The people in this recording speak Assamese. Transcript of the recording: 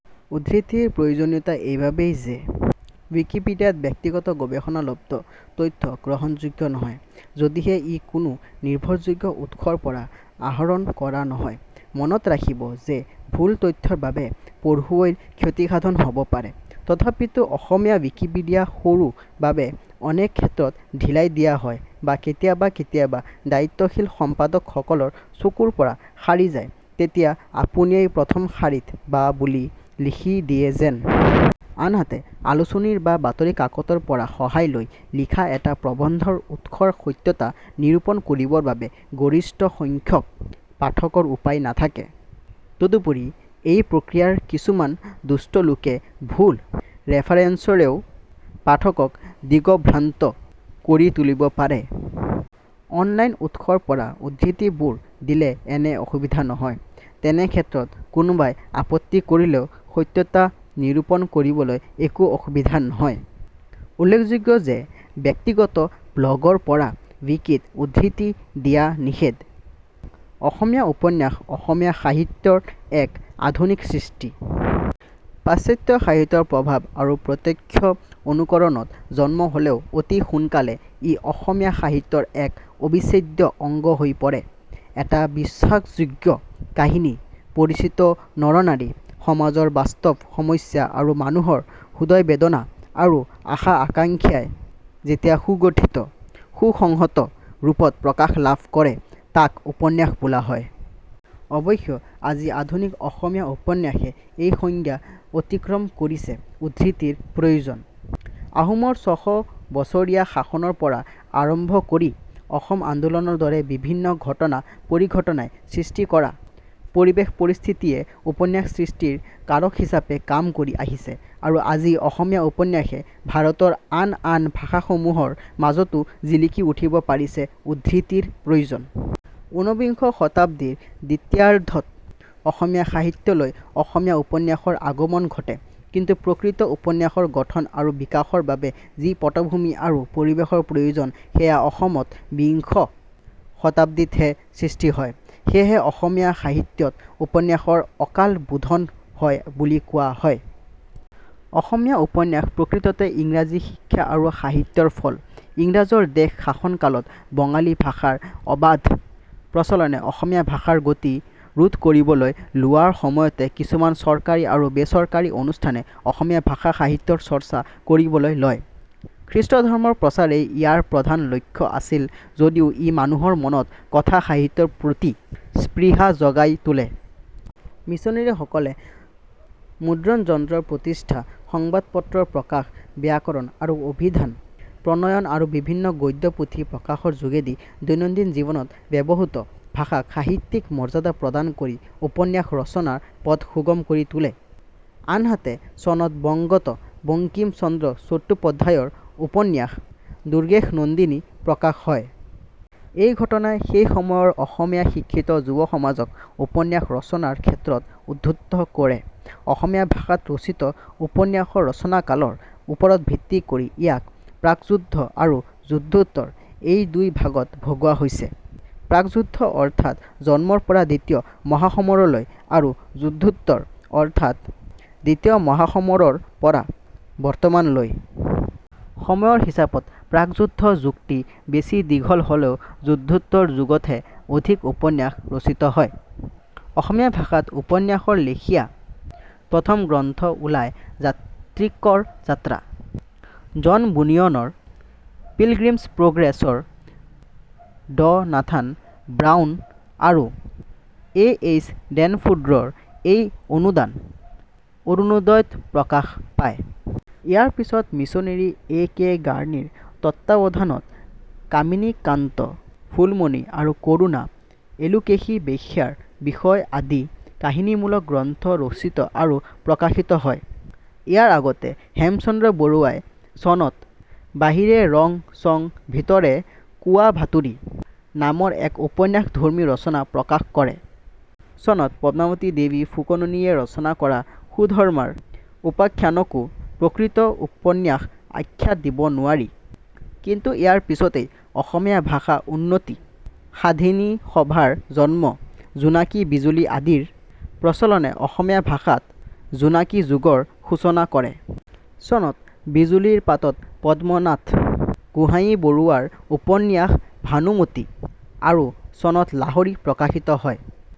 উদ্ধৃতিৰ প্ৰয়োজনীয়তা এইবাবেই যে ৱিকিপিডিয়াত ব্যক্তিগত গৱেষণালব্ধ তথ্য গ্ৰহণযোগ্য নহয়, যদিহে ই কোনো নিৰ্ভৰযোগ্য উৎসৰ পৰা আহৰণ কৰা নহয়। মনত ৰাখিব যে ভুল তথ্যৰ বাবে পঢ়ুৱৈৰ ক্ষতিসাধন হ'ব পাৰে। তথাপিতো অসমীয়া ৱিকিপিডিয়া সৰু বাবে অনেক ক্ষেত্ৰত ঢিলাই দিয়া হয় বা কেতিয়াবা কেতিয়াবা দায়িত্বশীল সম্পাদকসকলৰ চকুৰ পৰা সাৰি যায় তেতিয়া আপুনিয়েই প্ৰথম শাৰীত বা বুলি লিখি দিয়ে যেন। আনহাতে আলোচনীৰ বা বাতৰি কাকতৰ পৰা সহায় লৈ লিখা এটা প্ৰবন্ধৰ উত্সৰ সত্যতা নিৰূপন কৰিবৰ বাবে গৰিষ্ঠ সংখ্যক পাঠকৰ উপায় নাথাকে। তদুপৰি এই প্ৰক্ৰিয়াৰে কিছুমান দুষ্টলোকে ভুল ৰেফাৰেঞ্চৰেও পাঠকক দিগভ্ৰান্ত কৰি তুলিব পাৰে। অনলাইন উত্সৰ পৰা উদ্ধৃতিবোৰ দিলে এনে অসুবিধা নহয়। তেনে ক্ষেত্ৰত কোনোবাই আপত্তি কৰিলেও সত্যতা নিৰূপন কৰিবলৈ একো অসুবিধা নহয়। উল্লেখযোগ্য যে ব্যক্তিগত ব্লগৰ পৰা ৱিকিত উদ্ধৃতি দিয়া নিষেধ। অসমীয়া উপন্যাস অসমীয়া সাহিত্য ৰ এক আধুনিক সৃষ্টি। পাশ্চাত্য সাহিত্যৰ প্ৰভাৱ আৰু প্ৰত্যক্ষ অনুকৰণত জন্ম হ'লেও অতি সোনকালে ই অসমীয়া সাহিত্যৰ এক অবিচ্ছেদ্য অংগ হৈ পৰে। এটা বিশ্বাসযোগ্য কাহিনী, পৰিচিত নৰনাৰী, সমাজৰ বাস্তৱ সমস্যা আৰু মানুহৰ হৃদয়বেদনা আৰু আশা-আকাংখ্যাই যেতিয়া সুগঠিত, সুসংহত ৰূপত প্ৰকাশ লাভ কৰে তাক উপন্যাস বোলা হয়। অৱশ্যে আজি আধুনিক অসমীয়া উপন্যাসে এই সংজ্ঞা অতিক্ৰম কৰিছে উদ্ধৃতিৰ প্ৰয়োজন। আহোমৰ ছশ বছৰীয়া শাসনৰ পৰা আৰম্ভকৰি অসম আন্দোলনৰ দৰে বিভিন্ন ঘটনা-পৰিঘটনাই সৃষ্টি কৰা পৰিবেশ-পৰিস্থিতিয়ে উপন্যাস সৃষ্টিৰ কাৰকহিচাপে কাম কৰি আহিছে আৰু আজি অসমীয়া উপন্যাসে ভাৰতৰ আন আন ভাষাসমূহৰ মাজতো জিলিকি উঠিব পাৰিছে উদ্ধৃতিৰ প্ৰয়োজন। ঊনবিংশ শতাব্দীৰ দ্বিতীয়াৰ্দ্ধত অসমীয়া সাহিত্যলৈ অসমীয়া উপন্যাসৰ আগমন ঘটে। কিন্তু প্ৰকৃত উপন্যাসৰ গঠন আৰু বিকাশৰ বাবে যি পটভূমি আৰু পৰিবেশৰ প্ৰয়োজন সেয়া অসমত বিংশ শতাব্দীতহে সৃষ্টি হয়। সেয়েহে অসমীয়া সাহিত্যত উপন্যাসৰ অকাল বোধন হয় বুলি কোৱা হয়। অসমীয়া উপন্যাস প্ৰকৃততে ইংৰাজী শিক্ষা আৰু সাহিত্যৰ ফল। ইংৰাজৰ দেশ শাসন কালত বঙালী ভাষাৰ অবাধ প্ৰচলনে অসমীয়া ভাষাৰ গতি ৰূদ্ধকৰিবলৈ লোৱাৰ সময়তে কিছুমান চৰকাৰী আৰু বেচৰকাৰী অনুষ্ঠানে অসমীয়া ভাষা-সাহিত্যৰ চৰ্চা কৰিবলৈ লয়। খ্ৰীষ্টধৰ্মৰ প্ৰচাৰেই ইয়াৰ প্ৰধান লক্ষ্য আছিল যদিও ই মানুহৰ মনত কথা-সাহিত্যৰ প্ৰতি স্পৃহা জগাই তোলে। মিছনেৰি সকলে মুদ্ৰণযন্ত্ৰৰ প্ৰতিষ্ঠা, সংবাদপত্ৰৰ প্ৰকাশ, ব্যাকৰণ আৰু অভিধান প্ৰণয়ন আৰু বিভিন্ন গদ্য পুথি প্ৰকাশৰ যোগেদি দৈনন্দিন জীৱনত ব্যৱহৃত ভাষাক সাহিত্যিক মৰ্যাদা প্ৰদান কৰি উপন্যাস ৰচনাৰ পথ সুগম কৰি তোলে। আনহাতে চনত বংগত বংকিম চন্দ্ৰ চট্টোপধ্যায়ৰ উপন্যাস 'দুৰ্গেশনন্দিনী' প্ৰকাশ হয়। এই ঘটনাই সেই সময়ৰ অসমীয়া শিক্ষিত যুৱসমাজক উপন্যাস ৰচনাৰ ক্ষেত্ৰত উদ্বুদ্ধ কৰে। অসমীয়া ভাষাত ৰচিত উপন্যাসৰ ৰচনাকালৰ ওপৰত ভিত্তি কৰি ইয়াক 'প্ৰাকযুদ্ধ' আৰু 'যুদ্ধোত্তৰ' এই দুই ভাগত ভগোৱা হৈছে। প্ৰাকযুদ্ধ অৰ্থাত জন্মৰপৰা দ্বিতীয় মহাসমৰলৈ আৰু যুদ্ধোত্তৰ অৰ্থাত দ্বিতীয় মহাসমৰৰ পৰা বৰ্তমানলৈ। সময়ৰ হিচাপত প্ৰাকযুদ্ধ যুগটি বেছি দীঘল হ'লেও যুদ্ধোত্তৰ যুগতহে অধিক উপন্যাস ৰচিত হয়। অসমীয়া ভাষাত উপন্যাসৰ লেখীয়া প্ৰথম গ্ৰন্থ ওলায় 'জাত্ৰিকৰ জাত্ৰা'। জন বুনিয়নৰ ''পিলগ্ৰিম্ছ প্ৰগ্ৰেছ''ৰ ড নাথান ব্ৰাউন আৰু এ. এইচ ডেনফোৰ্ডৰ এই অনুবাদ অৰুণোদয় ত প্ৰকাশ পায়। ইয়াৰ পিছত মিছনেৰী এ. কে. গাৰ্ণীৰ তত্ত্বাৱধানত কামিনীকান্ত, ফুলমণি আৰু কৰুণা, এলোকেশী বেশ্যাৰ বিষয় আদি কাহিনীমূলক গ্ৰন্থ ৰচিত আৰু প্ৰকাশিত হয়। ইয়াৰ আগতে হেমচন্দ্ৰ বৰুৱা ই চনত ''বাহিৰে ৰং চং ভিতৰে কোৱাভাতুৰী'' নামৰ এক উপন্যাসধৰ্মী ৰচনা প্ৰকাশ কৰে। চনত পদ্মাৱতী দেৱী ফুকননী য়ে ৰচনা কৰা সুধৰ্মাৰ উপাখ্যানকো প্ৰকৃত উপন্যাস আখ্যা দিব নোৱাৰি। কিন্তু ইয়াৰ পিছতেই অসমীয়া ভাষা উন্নতি সাধিনী সভা ৰ জন্ম, জোনাকী বিজুলী আদিৰ প্ৰচলনে অসমীয়া ভাষাত জোনাকী যুগ ৰ সূচনা কৰে। চনত বিজুলীৰ পাতত পদ্মনাথ গোহাঞিবৰুৱা ৰ উপন্যাস ভানুমতী আৰু চনত লাহৰী প্ৰকাশিত হয়।